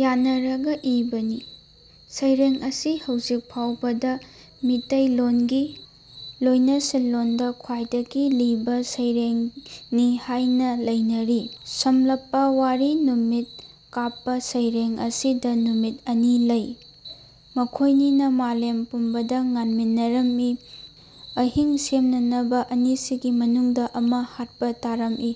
ꯌꯥꯟꯅꯔꯒ ꯏꯕꯅꯤ꯫ ꯁꯩꯔꯦꯡ ꯑꯁꯤ ꯍꯧꯖꯤꯛ ꯐꯥꯎꯕꯗ ꯃꯤꯇꯩꯂꯣꯟꯒꯤ ꯂꯣꯢꯅꯁꯤꯟꯂꯣꯟꯗ ꯈ꯭ꯋꯥꯢꯗꯒꯤ ꯂꯤꯕ ꯁꯩꯔꯦꯡꯅꯤ ꯍꯥꯏꯅ ꯂꯧꯅꯔꯤ꯫ ꯁꯝꯂꯞꯄ ꯋꯥꯔꯤ ꯅꯨꯃꯤꯠ ꯀꯥꯞꯄ ꯁꯩꯔꯦꯡ ꯑꯁꯤꯗ ꯅꯨꯃꯤꯠ ꯑꯅꯤ ꯂꯩ꯫ ꯃꯈꯣꯢꯅꯤꯅ ꯃꯥꯂꯦꯝ ꯄꯨꯝꯕꯗ ꯉꯥꯟꯃꯤꯟꯅꯔꯝꯏ꯫ ꯑꯍꯤꯡ ꯁꯦꯝꯅꯅꯕ ꯑꯅꯤꯁꯤꯒꯤ ꯃꯅꯨꯡꯗ ꯑꯃ ꯍꯥꯠꯄ ꯇꯥꯔꯝꯢ꯫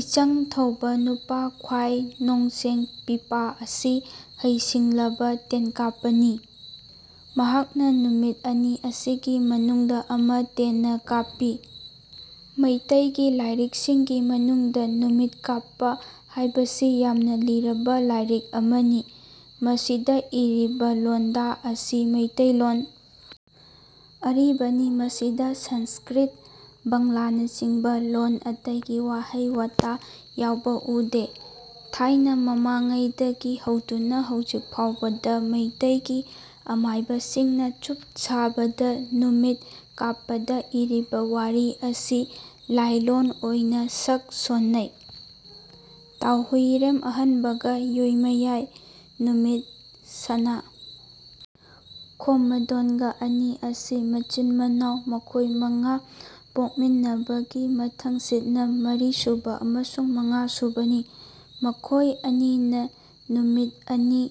ꯏꯆꯪ ꯊꯧꯕ ꯅꯨꯄꯥ ꯈ꯭ꯋꯥꯢ ꯅꯣꯡꯆꯦꯡ ꯄꯤꯄꯥ ꯑꯁꯤ ꯍꯩ ꯁꯤꯡꯂꯕ ꯇꯦꯟꯀꯥꯞꯄꯅꯤ꯫ ꯃꯍꯥꯛꯅ ꯅꯨꯃꯤꯠ ꯑꯅꯤ ꯑꯁꯤꯒꯤ ꯃꯅꯨꯡꯗ ꯑꯃ ꯇꯦꯟꯅ ꯀꯥꯞꯄꯤ꯫ ꯃꯩꯇꯩꯒꯤ ꯂꯥꯏꯔꯤꯛꯁꯤꯡꯒꯤ ꯃꯅꯨꯡꯗ ꯅꯨꯃꯤꯠ ꯀꯥꯞꯄ ꯍꯥꯏꯕꯁꯤ ꯌꯥꯝꯅ ꯂꯤꯔꯕ ꯂꯥꯏꯔꯤꯛ ꯑꯃꯅꯤ꯫ ꯃꯁꯤꯗ ꯏꯔꯤꯕ ꯂꯣꯟꯗꯥ ꯑꯁꯤ ꯃꯩꯇꯩꯂꯣꯟ ꯑꯔꯤꯕꯅꯤ꯫ ꯃꯁꯤꯗ ꯁꯟꯁ꯭ꯀ꯭ꯔꯤꯠ ꯕꯥꯡꯂꯥꯅꯆꯤꯡꯕ ꯂꯣꯟ ꯑꯇꯩꯒꯤ ꯋꯥꯍꯩ ꯋꯥꯇꯥ ꯌꯥꯎꯕ ꯎꯗꯦ꯫ ꯊꯥꯏꯅ ꯃꯃꯥꯡꯉꯩꯗꯒꯤ ꯍꯧꯗꯨꯅ ꯍꯧꯖꯤꯛ ꯐꯥꯎꯕꯗ ꯃꯩꯇꯩꯒꯤ ꯑꯃꯥꯏꯕꯁꯤꯡꯅ ꯆꯨꯞ ꯁꯥꯕꯗ ꯅꯨꯃꯤꯠ ꯀꯥꯞꯄꯗ ꯏꯔꯤꯕ ꯋꯥꯔꯤ ꯑꯁꯤ ꯂꯥꯏꯂꯣꯟ ꯑꯣꯏꯅ ꯁꯛ ꯁꯣꯟꯅꯩ꯫ ꯇꯥꯎꯍꯨꯏꯔꯦꯡ ꯑꯍꯟꯕꯒ ꯌꯣꯏꯃꯌꯥꯏ ꯅꯨꯃꯤꯠ ꯁꯅꯥ ꯈꯣꯝꯃꯗꯣꯟꯒ ꯑꯅꯤ ꯑꯁꯤ ꯃꯆꯤꯟ ꯃꯅꯥꯎ ꯃꯈꯣꯏ ꯃꯉꯥ ꯄꯣꯛꯃꯤꯟꯅꯕꯒꯤ ꯃꯊꯪꯁꯤꯠꯅ ꯃꯔꯤꯁꯨꯕ ꯑꯃꯁꯨꯡ ꯃꯉꯥꯁꯨꯕꯅꯤ꯫ ꯃꯈꯣꯏ ꯑꯅꯤꯅ ꯅꯨꯃꯤꯠ ꯑꯅꯤ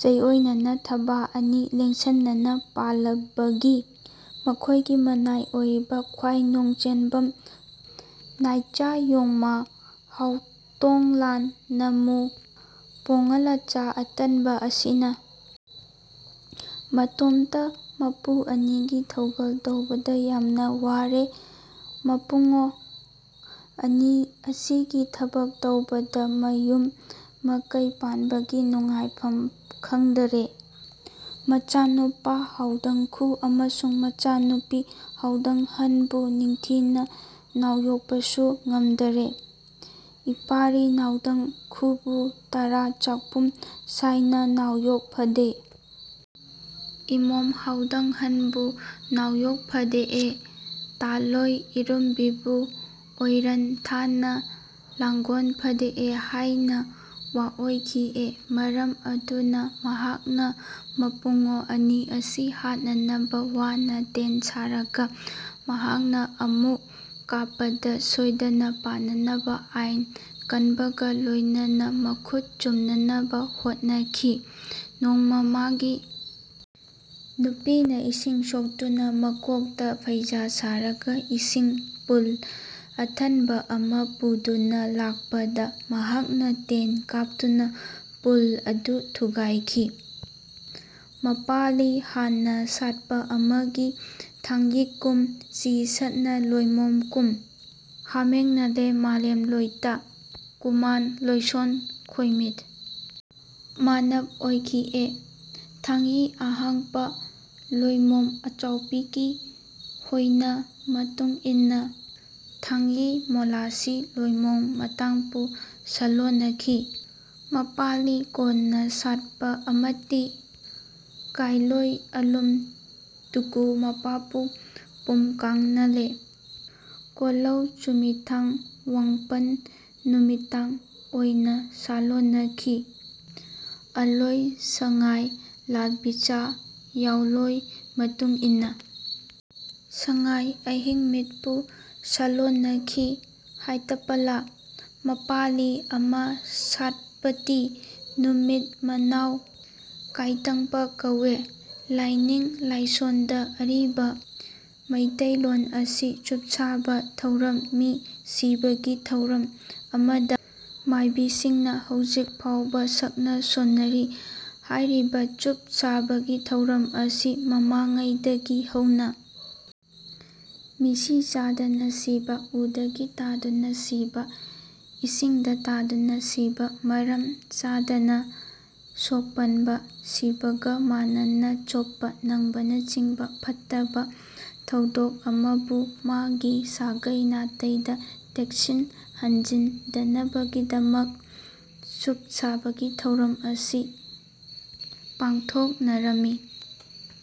ꯆꯩꯑꯣꯏꯅꯅ ꯊꯕꯥ ꯑꯅꯤ ꯂꯦꯡꯁꯟꯅꯅ ꯄꯥꯜꯂꯕꯒꯤ ꯃꯈꯣꯏꯒꯤ ꯃꯅꯥꯏ ꯑꯣꯏꯔꯤꯕ ꯈ꯭ꯋꯥꯏ ꯅꯣꯡꯆꯦꯟꯕꯝ ꯅꯥꯏꯆꯥ ꯌꯦꯛꯃꯥ ꯍꯥꯎꯇꯣꯡꯂꯥꯟ ꯅꯃꯨ ꯄꯣꯡꯉꯥꯂꯥꯆꯥ ꯑꯇꯟꯕ ꯑꯁꯤꯅ ꯃꯇꯣꯝꯇ ꯃꯄꯨ ꯑꯅꯤꯒꯤ ꯊꯧꯒꯜ ꯇꯧꯕꯗ ꯌꯥꯝꯅ ꯋꯥꯔꯦ ꯃꯄꯨꯡꯉꯣ ꯑꯅꯤ ꯑꯁꯤꯒꯤ ꯊꯕꯛ ꯇꯧꯕꯗ ꯃꯌꯨꯝ ꯃꯀꯩ ꯄꯥꯟꯕꯒꯤ ꯅꯨꯡꯉꯥꯏꯐꯝ ꯈꯪꯗ꯭ꯔꯦ꯫ ꯃꯆꯥ ꯅꯨꯄꯥ ꯍꯥꯎꯗꯪꯈꯨ ꯑꯃꯁꯨꯡ ꯃꯆꯥ ꯅꯨꯄꯤ ꯍꯥꯎꯗꯪꯍꯟꯕꯨ ꯅꯤꯡꯊꯤꯅ ꯅꯥꯎꯌꯣꯛꯄꯁꯨ ꯉꯝꯗ꯭ꯔꯦ꯫ ꯏꯄꯥꯔꯤ ꯍꯥꯎꯗꯪꯈꯨꯕꯨ ꯇꯔꯥ ꯆꯥꯛꯄꯨꯝ ꯁꯥꯏꯅ ꯅꯥꯎꯌꯣꯛꯐꯗꯦ ꯏꯃꯣꯝ ꯍꯥꯎꯗꯪꯍꯟꯕꯨ ꯅꯥꯎꯌꯣꯛꯐꯗꯦꯑꯦ ꯇꯥꯜꯂꯣꯏ ꯏꯔꯨꯝꯕꯤꯕꯨ ꯑꯣꯏꯔꯟ ꯊꯥꯅ ꯂꯥꯡꯒꯣꯟꯐꯗꯦꯑꯦ ꯍꯥꯏꯅ ꯋꯥꯑꯣꯏꯈꯤꯑꯦ꯫ ꯃꯔꯝ ꯑꯗꯨꯅ ꯃꯍꯥꯛꯅ ꯃꯄꯨꯡꯉꯣ ꯑꯅꯤ ꯑꯁꯤ ꯍꯥꯠꯅꯅꯕ ꯋꯥꯅ ꯇꯦꯟ ꯁꯥꯔꯒ ꯃꯍꯥꯛꯅ ꯑꯃꯨꯛ ꯀꯥꯞꯄꯗ ꯁꯣꯏꯗꯅ ꯄꯥꯟꯅꯅꯕ ꯑꯏꯟ ꯀꯟꯕꯒ ꯂꯣꯏꯅꯅ ꯃꯈꯨꯠ ꯆꯨꯝꯅꯅꯕ ꯍꯣꯠꯅꯈꯤ꯫ ꯅꯣꯡꯃ ꯃꯥꯒꯤ ꯅꯨꯄꯤꯅ ꯏꯁꯤꯡ ꯁꯣꯛꯇꯨꯅ ꯃꯀꯣꯛꯇ ꯐꯩꯖꯥ ꯁꯥꯔꯒ ꯏꯁꯤꯡ ꯄꯨꯜ ꯑꯊꯟꯕ ꯑꯃ ꯄꯨꯗꯨꯅ ꯂꯥꯛꯄꯗ ꯃꯍꯥꯛꯅ ꯇꯦꯟ ꯀꯥꯞꯇꯨꯅ ꯄꯨꯜ ꯑꯗꯨ ꯊꯨꯒꯥꯏꯈꯤ꯫ ꯃꯄꯥꯂꯤ ꯍꯥꯟꯅ ꯁꯥꯠꯄ ꯑꯃꯇꯤ ꯊꯥꯡꯌꯤꯀꯨꯝ ꯆꯤ ꯁꯠꯅ ꯂꯣꯢꯃꯣꯝ ꯀꯨꯝ ꯍꯝꯃꯥꯡꯅꯂꯦ ꯃꯥꯂꯦꯝ ꯂꯣꯢꯇ ꯀꯨꯃꯥꯅ ꯂꯣꯢꯁꯣꯟ ꯈꯣꯢꯃꯤꯠ ꯃꯥꯅꯞ ꯑꯣꯢꯈꯤꯑꯦ꯫ ꯊꯥꯡꯌꯤ ꯑꯍꯥꯡꯄ ꯂꯣꯢꯃꯣꯝ ꯑꯆꯥꯎꯄꯤꯀꯤ ꯍꯣꯢꯅ ꯃꯇꯨꯡꯏꯟꯅ ꯊꯥꯡꯌꯤ ꯃꯣꯂꯥꯁꯤ ꯂꯣꯢꯃꯣꯝ ꯃꯇꯥꯡꯄꯨ ꯁꯂꯣꯟꯅꯈꯤ꯫ ꯃꯄꯥꯂꯤ ꯀꯣꯟꯅ ꯁꯥꯠꯄ ꯑꯃꯇꯤ ꯀꯥꯢꯂꯣꯢ ꯑꯂꯨꯝ ꯇꯨꯀꯨ ꯃꯄꯥꯄꯨ ꯄꯨꯝꯀꯥꯡꯅꯂꯦ ꯀꯣꯂꯧ ꯆꯨꯃꯤꯊꯥꯡ ꯋꯥꯡꯄꯜ ꯅꯨꯃꯤꯇꯥꯡ ꯑꯣꯢꯅ ꯁꯥꯂꯣꯟꯅꯈꯤ꯫ ꯑꯂꯣꯢ ꯁꯉꯥꯢ ꯂꯥꯜꯄꯤꯆꯥ ꯌꯥꯎꯂꯣꯢ ꯃꯇꯨꯡꯏꯟꯅ ꯁꯉꯥꯢ ꯑꯍꯤꯡꯃꯤꯠꯄꯨ ꯁꯥꯂꯣꯟꯅꯈꯤ꯫ ꯍꯥꯢꯇꯄꯂꯥ꯫ ꯃꯄꯥꯂꯤ ꯑꯃ ꯁꯥꯠꯄꯇꯤ ꯅꯨꯃꯤꯇ ꯃꯅꯥꯎ ꯀꯥꯢꯇꯪꯄ ꯀꯧꯑꯦ꯫ ꯂꯥꯢꯅꯤꯡ ꯂꯥꯢꯁꯣꯟꯗ ꯑꯔꯤꯕ ꯃꯤꯇꯩꯂꯣꯟ ꯑꯁꯤ ꯆꯨꯞꯁꯥꯕ ꯊꯧꯔꯝ ꯃꯤ ꯁꯤꯕꯒꯤ ꯊꯧꯔꯝ ꯑꯃꯗ ꯃꯥꯢꯕꯤꯁꯤꯡꯅ ꯍꯧꯖꯤꯛ ꯐꯥꯎꯕꯗ ꯁꯛꯅ ꯁꯣꯟꯅꯔꯤ꯫ꯍꯥꯏꯔꯤꯕ ꯆꯨꯞ ꯁꯥꯕꯒꯤ ꯊꯧꯔꯝ ꯑꯁꯤ ꯃꯃꯥꯡꯉꯩꯗꯒꯤ ꯍꯧꯅ ꯃꯤꯁꯤ ꯆꯥꯗꯅ ꯁꯤꯕ ꯎꯗꯒꯤ ꯇꯥꯗꯨꯅ ꯁꯤꯕ ꯏꯁꯤꯡꯗ ꯇꯥꯗꯨꯅ ꯁꯤꯕ ꯃꯔꯝ ꯆꯥꯗꯅ ꯁꯣꯛꯄꯟꯕ ꯁꯤꯕꯒ ꯃꯥꯟꯅꯅ ꯆꯣꯞꯄ ꯅꯪꯕꯅꯆꯤꯡꯕ ꯐꯠꯇꯕ ꯊꯧꯗꯣꯛ ꯑꯃꯕꯨ ꯃꯥꯒꯤ ꯁꯥꯒꯩ ꯅꯥꯇꯩꯗ ꯇꯦꯛꯁꯤꯟ ꯍꯟꯖꯤꯟꯗꯅꯕꯒꯤꯗꯃꯛ ꯆꯨꯞ ꯁꯥꯕꯒꯤ ꯊꯧꯔꯝ ꯑꯁꯤ ꯄꯥꯡꯊꯣꯛꯅꯔꯝꯃꯤ꯫